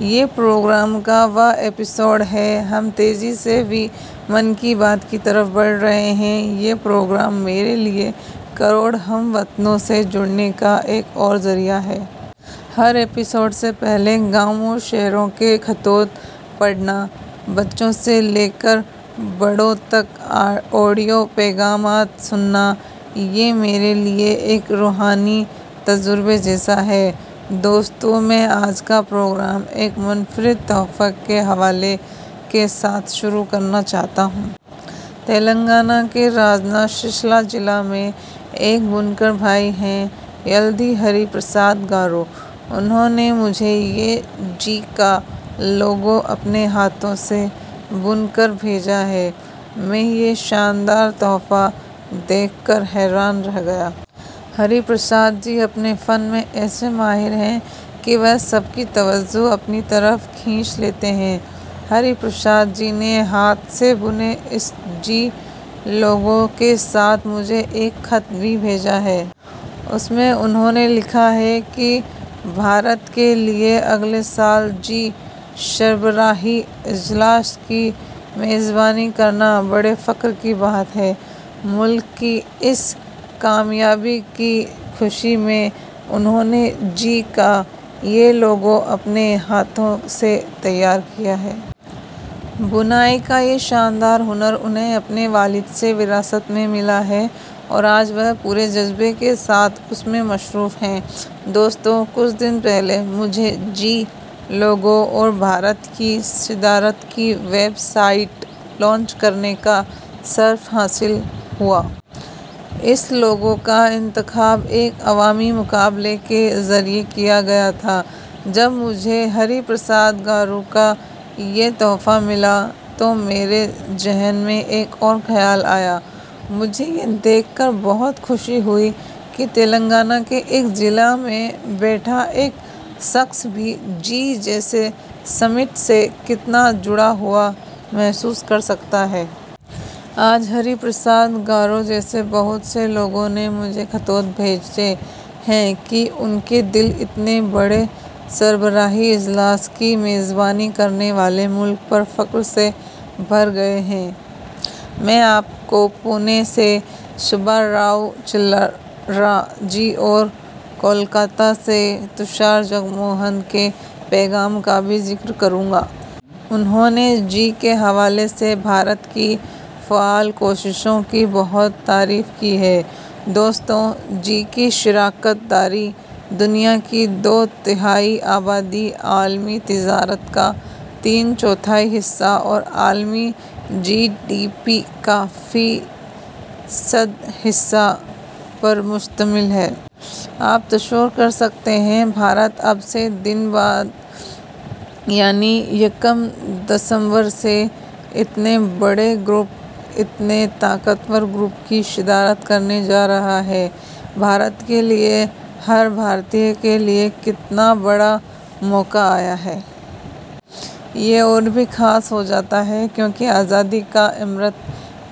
یہ پروگرام کا واں ایپیسوڈ ہے۔ ہم تیزی سے ویں ' من کی بات ' کی طرف بڑھ رہے ہیں۔ یہ پروگرام میرے لئے کروڑ ہم وطنوں سے جڑنے کا ایک اور ذریعہ ہے۔ ہر ایپیسوڈ سے پہلے گاؤں اور شہروں کے خطوط پڑھنا ؛ بچوں سے لے کر بڑوں تک آڈیو پیغامات سننا؛ یہ میرے لئے ایک روحانی تجربے جیسا ہے۔ دوستو، میں آج کا پروگرام ایک منفرد تحفہ کے حوالے کے ساتھ شروع کرنا چاہتا ہوں۔ تلنگانہ کے راجنا سرسیلا ضلع میں ایک بنکر بھائی ہیں – یلدھی ہری پرساد گارو۔ انہوں نے مجھے یہ جی – کا لوگو اپنے ہاتھوں سے بن کر بھیجا ہے۔ میں یہ شاندار تحفہ دیکھ کر حیران رہ گیا۔ ہری پرساد جی اپنے فن میں ایسے ماہر ہیں کہ وہ سب کی توجہ اپنی طرف کھینچ لیتے ہیں۔ ہری پرساد جی نے ہاتھ سے بنے اس جی – لوگو کے ساتھ مجھے ایک خط بھی بھیجا ہے۔ اس میں ، انہوں نے لکھا ہے کہ بھارت کے لئے اگلے سال جی - سربراہی اجلاس کی میزبانی کرنا بڑے فخر کی بات ہے۔ ملک کی ، اس کامیابی کی خوشی میں ، انہوں نے جی – کا یہ لوگو اپنے ہاتھوں سے تیار کیا ہے۔ بُنائی کا یہ شاندار ہنر ، انہیں اپنے والد سے وراثت میں ملا ہے اور آج وہ پورے جذبے کے ساتھ اس میں مصروف ہیں۔ دوستو، کچھ دن پہلے مجھے جی – لوگو اور بھارت کی صدارت کی ویب سائٹ لانچ کرنے کا شرف حاصل ہوا۔ اس لوگو کا انتخاب ایک عوامی مقابلے کے ذریعے کیا گیا تھا۔ جب مجھے ہری پرساد گارو کا یہ تحفہ ملا تو میرے ذہن میں ایک اور خیال آیا۔ مجھے یہ دیکھ کر بہت خوشی ہوئی کہ تلنگانہ کے ایک ضلع میں بیٹھا ایک شخص بھی جی – جیسے سمٹ سے کتنا جڑا ہوا محسوس کر سکتا ہے۔ آج، ہری پرساد گارو جیسے بہت سے لوگوں نے مجھے خطوط بھیجے ہیں کہ ان کے دل اتنے بڑے سربراہی اجلاس کی میزبانی کرنے والے ملک پر فخر سے بھر گئے ہیں۔ میں آپ کو پونے سے سبا راؤ چلّرا جی اور کولکاتہ سے تشار جگموہن کے پیغام کا بھی ذکر کروں گا۔ انہوں نے جی – کے حوالے سے بھارت کی فعال کوششوں کی بہت تعریف کی ہے۔ دوستو، جی – کی شراکت داری دنیا کی دو تہائی آبادی، عالمی تجارت کا تین چوتھائی حصہ اور عالمی جی ڈی پی کا فی صد حصہ پر مشتمل ہے۔ آپ تصور کر سکتے ہیں – بھارت اب سے دن بعد یعنی یکم دسمبر سے اتنے بڑے گروپ، اتنے طاقتور گروپ کی صدارت کرنے جا رہا ہے۔ بھارت کے لئے، ہر بھارتی کے لئے کتنا بڑا موقع آیا ہے! یہ اور بھی خاص ہو جاتا ہے کیونکہ آزادی کا امرت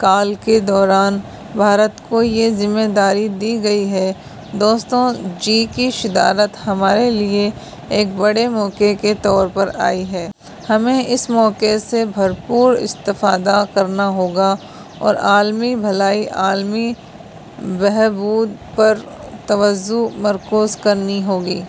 کال کے دوران بھارت کو یہ ذمہ داری دی گئی ہے ۔ دوستو، جی – کی صدارت ہمارے لئے ایک بڑے موقع کے طور پر آئی ہے۔ ہمیں اس موقع سے بھرپور استفادہ کرنا ہوگا اور عالمی بھلائی، عالمی بہبود پر توجہ مرکوز کرنی ہوگی۔